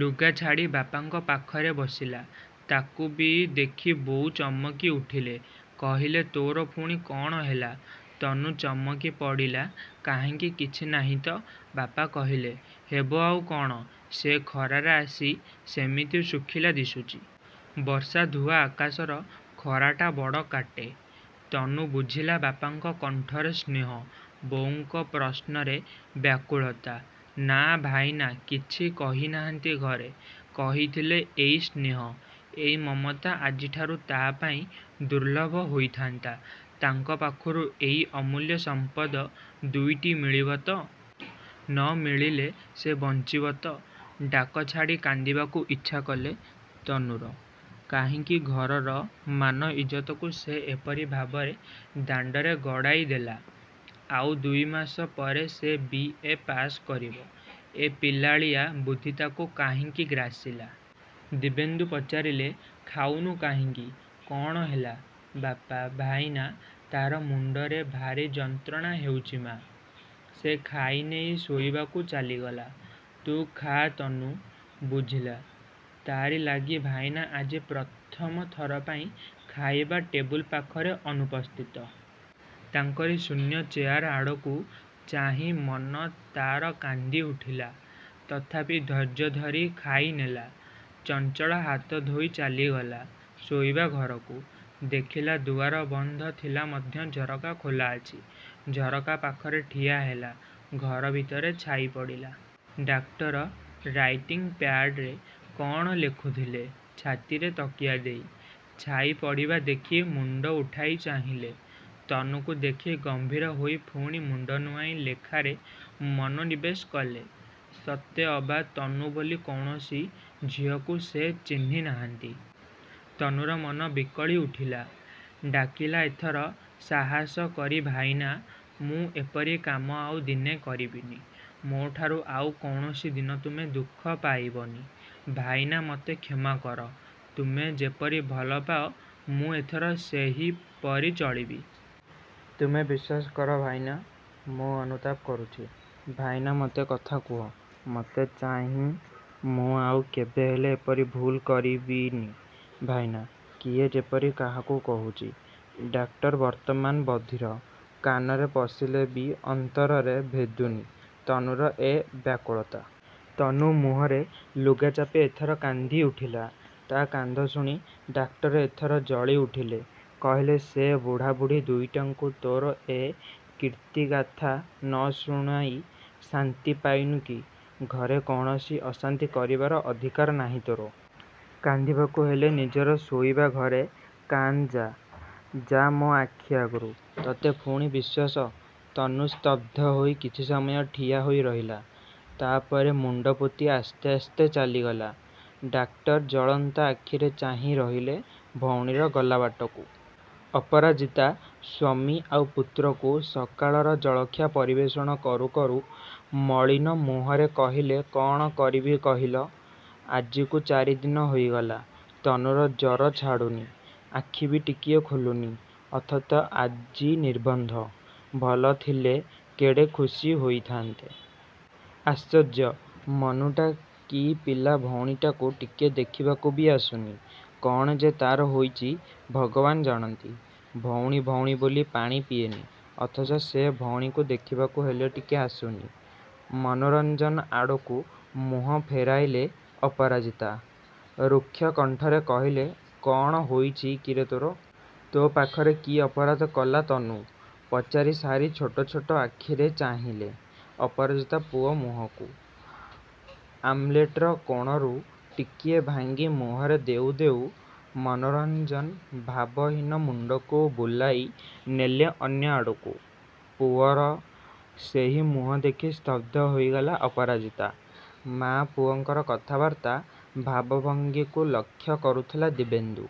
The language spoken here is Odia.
ଲୁଗା ଛାଡ଼ି ବାପାଙ୍କ ପାଖରେ ବସିଲା। ତାକୁ ବି ଦେଖି ବୋଉ ଚମକି ଉଠିଲେ। କହିଲେ ତୋର ପୁଣି କ'ଣ ହେଲା? ତନୁ ଚମକି ପଡ଼ିଲା କାହିଁ କିଛି ନାହିଁ ତ। ବାପା କହିଲେ ହେବ ଆଉ କ'ଣ? ସେ ଖରାରେ ଆସି ସେମିତି ଶୁଖିଲା ଦିଶୁଛି। ବର୍ଷା ଧୁଆ ଆକାଶର ଖରାଟା ବଡ଼ କାଟେ। ତନୁ ବୁଝିଲା ବାପାଙ୍କ କଣ୍ଠରେ ସ୍ନେହ, ବୋଉଙ୍କ ପ୍ରଶ୍ନରେ ବ୍ୟାକୁଳତା। ନା, ଭାଇନା କିଛି କହି ନାହାନ୍ତି ଘରେ। କହିଥିଲେ ଏଇ ସ୍ନେହ, ଏଇ ମମତା ଆଜିଠାରୁ ତା' ପାଇଁ ଦୁର୍ଲଭ ହୋଇଥାନ୍ତା। ତାଙ୍କ ପାଖରୁ ଏଇ ଅମୂଲ୍ୟ ସମ୍ପଦ ଦୁଇଟି ମିଳିବ ତ? ନ ମିଳିଲେ ସେ ବଞ୍ଚିବ ତ! ଡାକ ଛାଡ଼ି କାନ୍ଦିବାକୁ ଇଚ୍ଛା ହେଲା ତନୁର। କାହିଁକି ଘରର ମାନ ଇଜ୍ଜତକୁ ସେ ଏପରି ଭାବରେ ଦାଣ୍ଡରେ ଗଡ଼ାଇ ଦେଲା! ଆଉ ଦୁଇ ମାସ ପରେ ସେ ବି. ଏ ପାଶ୍ କରିବ। ଏ ପିଲାଳିଆ ବୁଦ୍ଧି ତାକୁ କାହିଁକି ଗ୍ରାସିଲା। ଦିବ୍ୟେନ୍ଦୁ ପଚାରିଲେ ଖାଉନୁ କାହିଁକି, କ'ଣ ହେଲା? ବାପା, ଭାଇନା? ତା'ର ମୁଣ୍ଡରେ ଭାରି ଯନ୍ତ୍ରଣା ହେଉଛି ମା'। ସେ ଖାଇନେଇ ଶୋଇବାକୁ ଚାଲିଗଲା। ତୁ ଖାଆ। ତନୁ ବୁଝିଲା, ତାରି ଲାଗି ଭାଇନା ଆଜି ପ୍ରଥମ ଥର ପାଇଁ ଖାଇବା ଟେବୁଲ ପାଖରେ ଅନୁପସ୍ଥିତ। ତାଙ୍କରି ଶୂନ୍ୟ ଚେୟାର ଆଡ଼କୁ ଚାହିଁ ମନ ତା'ର କାନ୍ଦି ଉଠିଲା। ତଥାପି ଧୈର୍ଯ୍ୟ ଧରି ଖାଇନେଲା। ଚଞ୍ଚଳ ହାତ ଧୋଇ ଚାଲିଗଲା ଶୋଇବା ଘରକୁ। ଦେଖିଲା ଦୁଆର ବନ୍ଦ ଥିଲେ ମଧ୍ୟ ଝରକା ଖୋଲା ଅଛି। ଝରକା ପାଖରେ ଠିଆ ହେଲା। ଘର ଭିତରେ ଛାଇ ପଡ଼ିଲା। ଡାକ୍ତର ରାଇଟିଂ ପ୍ୟାଡ୍ ରେ କ'ଣ ଲେଖୁଥିଲେ ଛାତିରେ ତକିଆ ଦେଇ। ଛାଇ ପଡ଼ିବା ଦେଖି ମୁଣ୍ଡ ଉଠାଇ ଚାହିଁଲେ। ତନୁକୁ ଦେଖି ଗମ୍ଭୀର ହୋଇ ପୁଣି ମୁଣ୍ଡ ନୁଆଁଇ ଲେଖାରେ ମନୋନିବେଶ କଲେ। ସତେଅବା ତନୁ ବୋଲି କୌଣସି ଝିଅକୁ ସେ ଚିହ୍ନି ନାହାନ୍ତି। ତନୁର ମନ ବିକଳି ଉଠିଲା। ଡାକିଲା ଏଥର ସାହସ କରି ଭାଇନା, ମୁଁ ଏପରି କାମ ଆଉ ଦିନେ କରିବିନି। ମୋଠାରୁ ଆଉ କୌଣସି ଦିନ ତୁମେ ଦୁଃଖ ପାଇବନି। ଭାଇନା ମୋତେ କ୍ଷମା କର। ତୁମେ ଯେପରି ଭଲ ପାଅ, ମୁଁ ଏଥର ସେହିପରି ଚଳିବି। ତୁମେ ବିଶ୍ୱାସ କର ଭାଇନା, ମୁଁ ଅନୁତାପ କରୁଛି। ଭାଇନା ମୋତେ କଥା କୁହ, ମତେ ଚାହଁ, ମୁଁ ଆଉ କେବେହେଲେ ଏପରି ଭୁଲ୍ କରିବିନି ଭାଇନା। କିଏ ଯେପରି କାହାକୁ କହୁଛି। ଡାକ୍ତର ବର୍ତ୍ତମାନ ବଧିର। କାନରେ ପଶିଲେ ବି ଅନ୍ତରରେ ଭେଦୁନି ତନୁର ଏ ବ୍ୟାକୁଳତା। ତନୁ ମୁହଁରେ ଲୁଗା ଚାପି ଏଥର କାନ୍ଦି ଉଠିଲା। ତା' କାନ୍ଦ ଶୁଣି ଡାକ୍ତର ଏଥର ଜଳି ଉଠିଲେ। କହିଲେ ସେ ବୁଢ଼ା ବୁଢ଼ୀ ଦୁଇଟାଙ୍କୁ ତୋର ଏ କୀର୍ତ୍ତିଗାଥା ନ ଶୁଣାଇ ଶାନ୍ତି ପାଇନୁ କି। ଘରେ କୌଣସି ଅଶାନ୍ତି କରିବାର ଅଧିକାର ନାହିଁ ତୋର। କାନ୍ଦିବାକୁ ହେଲେ ନିଜର ଶୋଇବା ଘରେ କାନ୍ଦ୍ ଯା। ଯା ମୋ ଆଖି ଆଗରୁ। ତତେ ପୁଣି ବିଶ୍ୱାସ! ତନୁ ସ୍ତବ୍ଧ ହୋଇ କିଛି ସମୟ ଠିଆ ହୋଇ ରହିଲା। ତା' ପରେ ମୁଣ୍ଡ ପୋତି ଆସ୍ତେ ଆସ୍ତେ ଚାଲିଗଲା। ଡାକ୍ତର ଜଳନ୍ତା ଆଖିରେ ଚାହିଁ ରହିଲେ ଭଉଣୀର ଗଲା ବାଟକୁ। ଅପରାଜିତା ସ୍ୱାମୀ ଆଉ ପୁତ୍ରକୁ ସକାଳର ଜଳଖିଆ ପରିବେଷଣ କରୁ କରୁ ମଳିନ ମୁହଁରେ କହିଲେ କ'ଣ କରିବି କହିଲ, ଆଜିକୁ ଚାରି ଦିନ ହୋଇଗଲା। ତନୁର ଜ୍ୱର ଛାଡ଼ୁନି। ଆଖି ବି ଟିକିଏ ଖୋଲୁନି। ଅଥଚ ଆଜି ନିର୍ବନ୍ଧ। ଭଲ ଥିଲେ କେଡ଼େ ଖୁସି ହେଉଥାନ୍ତା। ଆଶ୍ଚର୍ଯ୍ୟ, ମନୁଟା କି ପିଲା ଭଉଣୀଟାକୁ ଟିକିଏ ଦେଖିବାକୁ ବି ଆସୁନି। କ'ଣ ଯେ ତା'ର ହୋଇଛି ଭଗବାନ ଜାଣନ୍ତି। ଭଉଣୀ ଭଉଣୀ ବୋଲି ପାଣି ପିଏନି, ଅଥଚ ସେଇ ଭଉଣୀକୁ ଦେଖିବାକୁ ହେଲେ ଟିକିଏ ଆସୁନି। ମନୋରଞ୍ଜନ ଆଡ଼କୁ ମୁହଁ ଫେରାଇଲେ ଅପରାଜିତା। ରୁକ୍ଷ କଣ୍ଠରେ କହିଲେ କ'ଣ ହୋଇଛି କିରେ ତୋର। ତୋ ପାଖରେ କି ଅପରାଧ କଲା ତନୁ? ପଚାରି ସାରି ଛୋଟ ଛୋଟ ଆଖିରେ ଚାହିଁଲେ ଅପରାଜିତା ପୁଅ ମୁହଁକୁ। ଆମ୍ଲେଟର କୋଣରୁ ଟିକିଏ ଭାଙ୍ଗି ମୁହଁରେ ଦେଉ ଦେଉ ମନୋରଞ୍ଜନ ଭାବହୀନ ମୁଣ୍ଡକୁ ବୁଲାଇ ନେଲେ ଅନ୍ୟ ଆଡ଼କୁ। ପୁଅର ସେହି ମୁହଁ ଦେଖି ସ୍ତବ୍ଧ ହୋଇଗଲେ ଅପରାଜିତା। ମା' ପୁଅଙ୍କର କଥାବାର୍ତ୍ତା ଭାବଭଙ୍ଗୀକୁ ଲକ୍ଷ୍ୟ କରୁଥିଲେ ଦିବ୍ୟେନ୍ଦୁ।